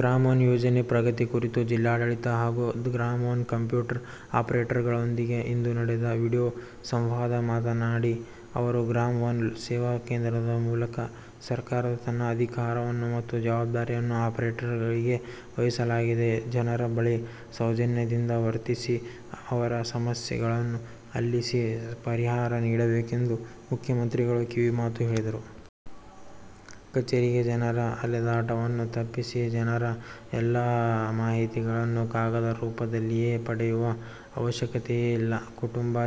ಗ್ರಾಮ ಒನ್ ಯೋಜನೆಯ ಪ್ರಗತಿ ಕುರಿತು ಜಿಲ್ಲಾಡಳಿತ ಹಾಗೂ ಗ್ರಾಮ ಒನ್ ಕಂಪ್ಯೂಟರ್ ಆಪರೇಟರ್ಗಳೊಂದಿಗೆ ಇಂದು ನಡೆದ ವಿಡಿಯೋ ಸಂವಾದದಲ್ಲಿ ಮಾತನಾಡಿ ಅವರು, ಗ್ರಾಮ ಒನ್ ಸೇವಾ ಕೇಂದ್ರದ ಮೂಲಕ ಸರ್ಕಾರ ತನ್ನ ಅಧಿಕಾರ ಮತ್ತು ಜವಾಬ್ದಾರಿ ಆಪರೇಟರ್ಸ್ಗಳಿಗೆ ವಹಿಸಲಾಗಿದೆ. ಜನರ ಬಳಿ ಸೌಜನ್ಯದಿಂದ ವರ್ತಿಸಿ, ಅವರ ಸಮಸ್ಯೆಗಳನ್ನು ಆಲಿಸಿ, ಪರಿಹಾರವನ್ನು ನೀಡಬೇಕೆಂದು ಮುಖ್ಯಮಂತ್ರಿಗಳು ಕಿವಿಮಾತು ಹೇಳಿದರು. ಕಚೇರಿಗೆ ಜನರ ಅಲೆದಾಟವನ್ನು ತಪ್ಪಿಸಿ ಜನರ ಎಲ್ಲ ಮಾಹಿತಿಗಳು ಕಾಗದರೂಪದಲ್ಲಿಯೇ ಪಡೆಯುವ ಅವಶ್ಯಕತೆಯಿಲ್ಲ. 'ಕುಟುಂಬ'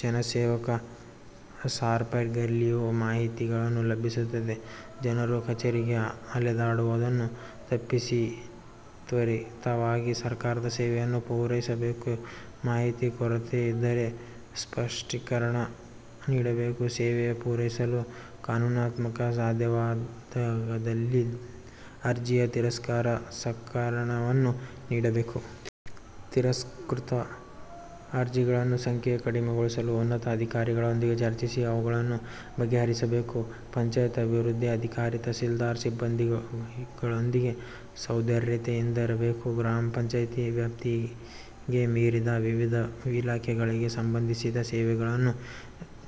ಜನಸೇವಕ ಸಾಫ್ಟ್ವೇರ್ಗಲ್ಲಿಯೂ ಮಾಹಿತಿಗಳು ಲಭಿಸುತ್ತದೆ. ಜನರು ಕಚೇರಿಗೆ ಅಲೆದಾಡುವುದನ್ನು ತಪ್ಪಿಸಿ ತ್ವರಿತವಾಗಿ ಸರ್ಕಾರದ ಸೇವೆಯನ್ನು ಪೂರೈಸಬೇಕು. ಮಾಹಿತಿ ಕೊರತೆ ಇದ್ದರೆ ಸ್ಪಷ್ಟೀಕರಣ ನೀಡಬೇಕು. ಸೇವೆ ಪೂರೈಸಲು ಕಾನೂನಾತ್ಮಕವಾಗಿ ಸಾಧ್ಯವಾಗದಿದ್ದಲ್ಲಿ ಅರ್ಜಿಯ ತಿರಸ್ಕಾರಕ್ಕೆ ಸಕಾರಣವನ್ನು ನೀಡಬೇಕು. ತಿರಸ್ಕೃತ ಅರ್ಜಿಗಳ ಸಂಖ್ಯೆಯನ್ನು ಕಡಿಮೆಗೊಳಿಸಲು ಉನ್ನತ ಅಧಿಕಾರಿಗಳೊಂದಿಗೆ ಚರ್ಚಿಸಿ ಅವುಗಳನ್ನು ಬಗೆಹರಿಸಬೇಕು. ಪಂಚಾಯತ್ ಅಭಿವೃದ್ಧಿ ಅಧಿಕಾರಿ, ತಹಶೀಲ್ದಾರ್ ಸಿಬ್ಬಂದಿಗಳೊಂದಿಗೆ ಸೌಹಾರ್ದತೆಯಿಂದಿರಬೇಕು. ಗ್ರಾಮ ಪಂಚಾಯತಿ ವ್ಯಾಪ್ತಿಗೆ ಮೀರಿದ ವಿವಿಧ ಇಲಾಖೆಗಳಿಗೆ ಸಂಬಂಧಿಸಿದ ಸೇವೆಗಳನ್ನು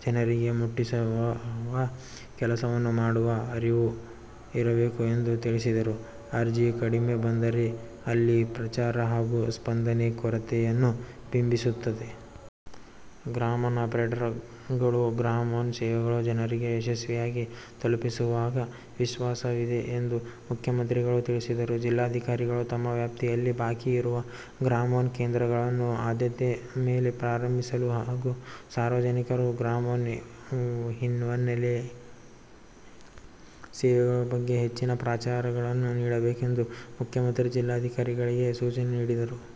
ಜನರಿಗೆ ಮುಟ್ಟಿಸುವ ಕೆಲಸವನ್ನು ಮಾಡುವ ಅರಿವು ಇರಬೇಕು ಎಂದು ತಿಳಿಸಿದರು. ಅರ್ಜಿಗಳು ಕಡಿಮೆ ಬಂದರೆ, ಅಲ್ಲಿ ಪ್ರಚಾರ ಹಾಗೂ ಸ್ಪಂದನೆಯ ಕೊರತೆಯನ್ನು ಬಿಂಬಿಸುತ್ತದೆ. ಗ್ರಾಮ ಒನ್ ಆಪರೇಟರ್ಗಳು ಗ್ರಾಮ ಒನ್ ಸೇವೆಗಳನ್ನು ಜನರಿಗೆ ಯಶಸ್ವಿಯಾಗಿ ತಲುಪಿಸುವ ವಿಶ್ವಾಸವಿದೆ ಎಂದು ಮುಖ್ಯಮಂತ್ರಿಗಳು ತಿಳಿಸಿದರು. ಜಿಲ್ಲಾಧಿಕಾರಿಗಳು ತಮ್ಮ ವ್ಯಾಪ್ತಿಯಲ್ಲಿ ಬಾಕಿ ಇರುವ ಗ್ರಾಮ ಒನ್ ಕೇಂದ್ರಗಳನ್ನು ಆದ್ಯತೆ ಮೇಲೆ ಪ್ರಾರಂಭಿಸಲು ಹಾಗೂ ಸಾರ್ವಜನಿಕರು ಗ್ರಾಮ ಒನ್ನಲ್ಲಿ ಸೇವೆಗಳ ಬಗ್ಗೆ ಹೆಚ್ಚಿನ ಪ್ರಚಾರವನ್ನು ನೀಡಬೇಕೆಂದು ಮುಖ್ಯಮಂತ್ರಿಗಳು ಜಿಲ್ಲಾಧಿಕಾರಿಗಳಿಗೆ ಸೂಚನೆ ನೀಡಿದರು.